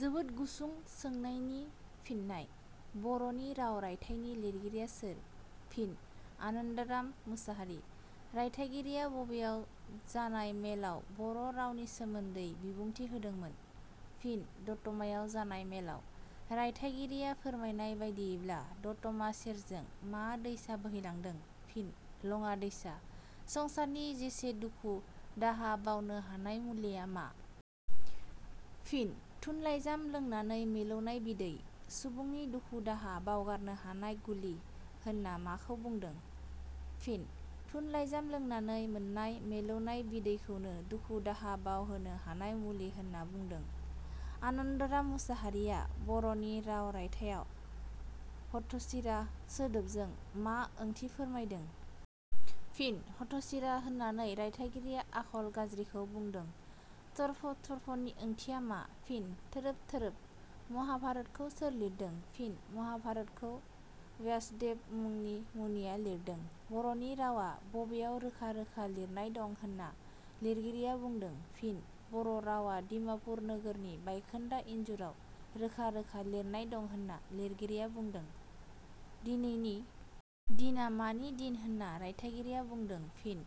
जोबोद गुसुं सोंनायनि फिननाय. बर'नि राव रायथाइनि लिरगिरिया सोर? फिन: आनान्दराम मसाहारि।.रायथाइगिरिया बबेयाव जानाय मेलाव बर' रावनि सोमोन्दै बिबुंथि होदोंमोन? फिन:दतमायाव जानाय मेलाव।.रायथाइगिरिया फोरमायनाय बादियैब्ला दतमा सेरजों मा दैसा बोहैलांदों? फिन:लङा दैसा।.संसारनि जेसे दुखु दाहा बावनो हानाय मुलिया मा? फिन:थुन लाइजाम लोंनानै मिलौनाय बिदै।.सुबुंनि दुखु-दाहा बावगारनो हानाय गुलि होनना माखौ बुंदों? फिन:थुन लाइजाम लोंनानै मोननाय मिलौनाय बिदैखौनो दुखु-दाहा बावहोनो हानाय मुलि होनना बुंदों।.आनान्दराम मसाहारिया बर'नि राव रायथाइयाव हथसिरा सोदोबजों मा ओंथि फोरमायदों? फिन:हथ'सिरा होननानै रायथाइगिरिया आखल गाज्रिखौ बुंदों।.थर्प थर्पनि ओंथिया मा? फिन:थोरोब थोरोब।.महाभारतखौ सोर लिरदों? फिन:महाभारतखौ व्यासदेब मुंनि मुनिया लिरदों।.बर'नि रावा बबेयाव रोखा रोखा लिरनाय दं होनना लिरगिरिया बुंदों? फिन:बर' रावा डिमापुर नोगोरनि बायखोन्दा इन्जुराव रोखा रोखा लिरनाय दं होनना लिरगिरिया बुंदों।.दिनैनि दिना मानि दिन होनना रायथाइगिरिया बुंदों? फिन: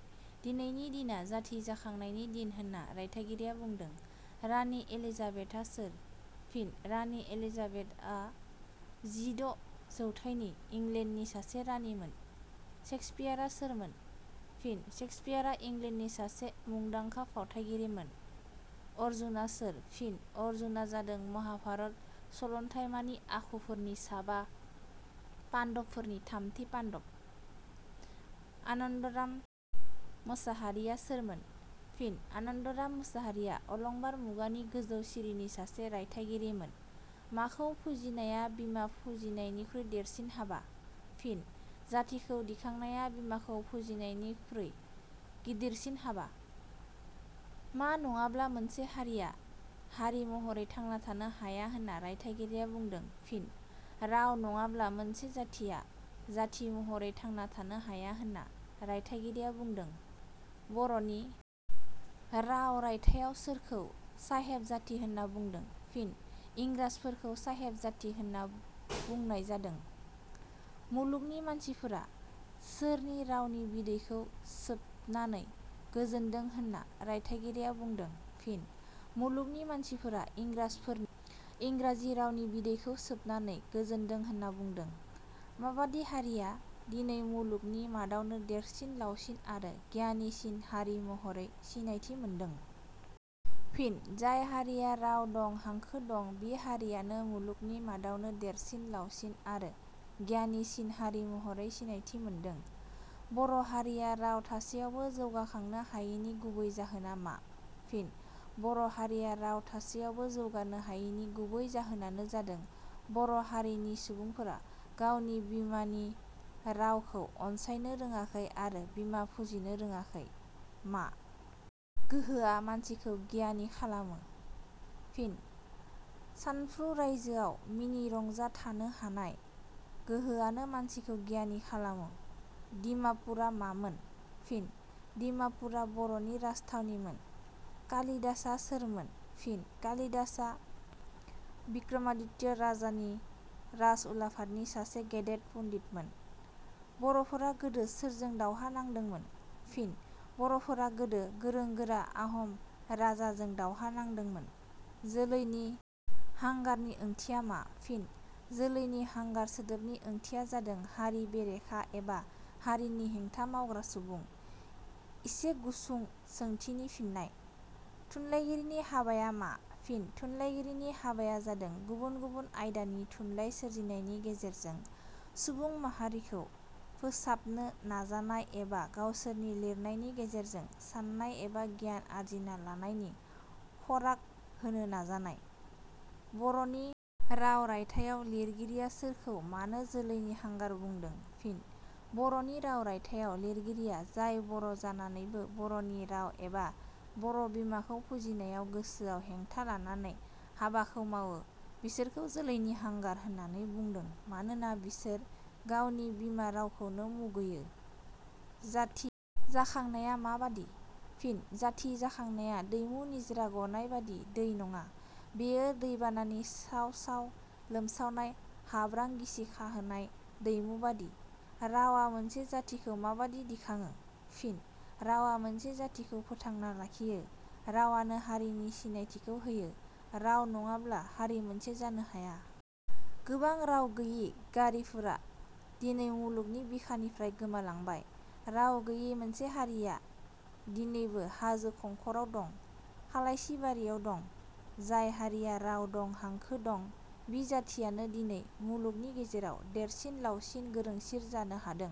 दिनैनि दिना जाथि जाखांनायनि दिन होनना रायथाइगिरिया बुंदों।.राणी एलिजाबेथआ सोर? फिन:राणी एलिजाबेथअ जिद' जौथायनि इंलेण्डनि सासे राणीमोन।.सेक्सपियारआ सोरमोन? फिन:सेक्सपियारआ इंलेण्डनि सासे मुंदांखा फावथाइगिरिमोन।.अरजुना सोर? फिन:अरजुना जादों महाभारत सलन्थाइमानि आखुफोरनि साबा पाण्डबफोरनि थामथि पाण्डब।.आनान्दराम मसाहारिया सोरमोन? फिन:आनान्दराम मसाहारिया अलंबार मुगानि गोजौ सिरिनि सासे रायथाइगिरिमोन।.माखौ फुजिनाया बिमा फुजिनायनिख्रुइ देरसिन हाबा? फिन:जाथिखौ दिखांनाया बिमाखौ फुजिनायनिख्रुइ गिदिरसिन हाबा।.मा नङाब्ला मोनसे हारिया हारि महरै थांना थानो हाया होनना रायथाइगिरिया बुंदों? फिन:राव नङाब्ला मोनसे जाथिया जाथि महरै थांना थानो हाया होनना रायथाइगिरिया बुंदों?.'बर'नि राव' रायथाइयाव सोरखौ साहेब जाथि होनना बुंदों? फिन:इंग्राजफोरखौ साहेब जाथि होनना बुंनाय जादों।.मुलुगनि मानसिफोरा सोरनि रावनि बिदैखौ सोबनानै गोजोनदों होनना रायथाइगिरिया बुंदों? फिन:मुलुगनि मानसिफोरा इंग्राजफोरनि इंग्राजि रावनि बिदैखौ सोबनानै गोजोनदों होनना बुंदों।.माबादि हारिया दिनै मुलुगनि मादावनो देरसिन लावसिन आरो गियानिसिन हारि महरै सिनायथि मोनदों? फिन:जाय हारिया राव दं, हांखो दं बि हारियानो मुलुगनि मादावनो देरसिन लावसिन आरो गियानिसिन हारि महरै सिनायथि मोनदों।.बर' हारिया राव थासेयावबो जौगाखांनो हायिनि गुबै जाहोना मा? फिन:बर' हारिया राव थासेयावबो जौगानो हायिनि गुबै जाहोनानो जादों बर' हारिनि सुबुंफोरा गावनि बिमानि रावखौ अनसायनो रोङाखै आरो बिमा फुजिनो रोङाखै।.मा गोहोआ मानसिखौ गियानि खालामो? फिन:सानफ्रु रायजोआव मिनि रंजा थानो हानाय गोहोआनो मानसिखौ गियानि खालामो।.डिमापुरआ मामोन? फिन:दिमापुरआ बर'नि राजथावनिमोन।.कालिदासआ सोरमोन? फिन:कालिदासआ बिक्रमादित्य राजानि राजउलाफादनि सासे गेदेर पण्डितमोन।.बर'फोरा गोदो सोरजों दावहा नांदोंमोन? फिन:बर'फोरा गोदो गोरों-गोरा आहम राजाजों दावहा नांदोंमोन।.जोलैनि हांगारनि ओंथिया मा? फिन:जोलैनि हांगार सोदोबनि ओंथिया जादों हारि बेरेखा एबा हारिनि हेंथा मावग्रा सुबुं। इसे गुसुं सोंथिनि फिननाय. थुनलाइगिरिनि हाबाया मा? फिन:थुनलाइगिरिनि हाबाया जादों गुबुन गुबुन आयदानि थुनलाइ सोरजिनायनि गेजेरजों सुबुं माहारिखौ फोसाबनो नाजानाय एबा गावसोरनि लिरनायनि गेजेरजों साननाय एबा गियान आरजिना लानायनि खराग होनो नाजानाय।.'बर'नि राव' रायथाइयाव लिरगिरिया सोरखौ मानो जोलैनि हांगार बुंदों? फिन:'बर'नि राव' रायथाइयाव लिरगिरिया जाय बर' जानानैबो बर'नि राव एबा बर' बिमाखौ फुजिनायाव गोसोआव हेंथा लानानै हाबाखौ मावो बिसोरखौ जोलैनि हांगार होननानै बुंदों मानोना बिसोर गावनि बिमा रावखौनो मुगैयो।.जाथि जाखांनाया माबादि? फिन:जाथि जाखांनाया दैमु निज्रा गनाय बादि दै नङा, बेयो दैबानानि साव-साव लोमसावनाय हाब्रां गिसिखांहोनाय दैमु बादि।.रावा मोनसे जाथिखौ माबादि दिखाङो? फिन:रावा मोनसे जाथिखौ फोथांना लाखियो, रावानो हारिनि सिनायथिखौ होयो, राव नङाब्ला हारि मोनसे जानो हाया। गोबां राव गैयि गारिफोरा दिनै मुलुगनि बिखानिफ्राय गोमालांबाय। राव गैयि मोनसे हारिया दिनैबो हाजो खंखराव दं, खालायसि बारियाव दं। जाय हारिया राव दं, हांखो दं, बि जाथियानो दिनै मुलुगनि गेजेराव देरसिन लावसिन गोरोंसिन जानो हादों।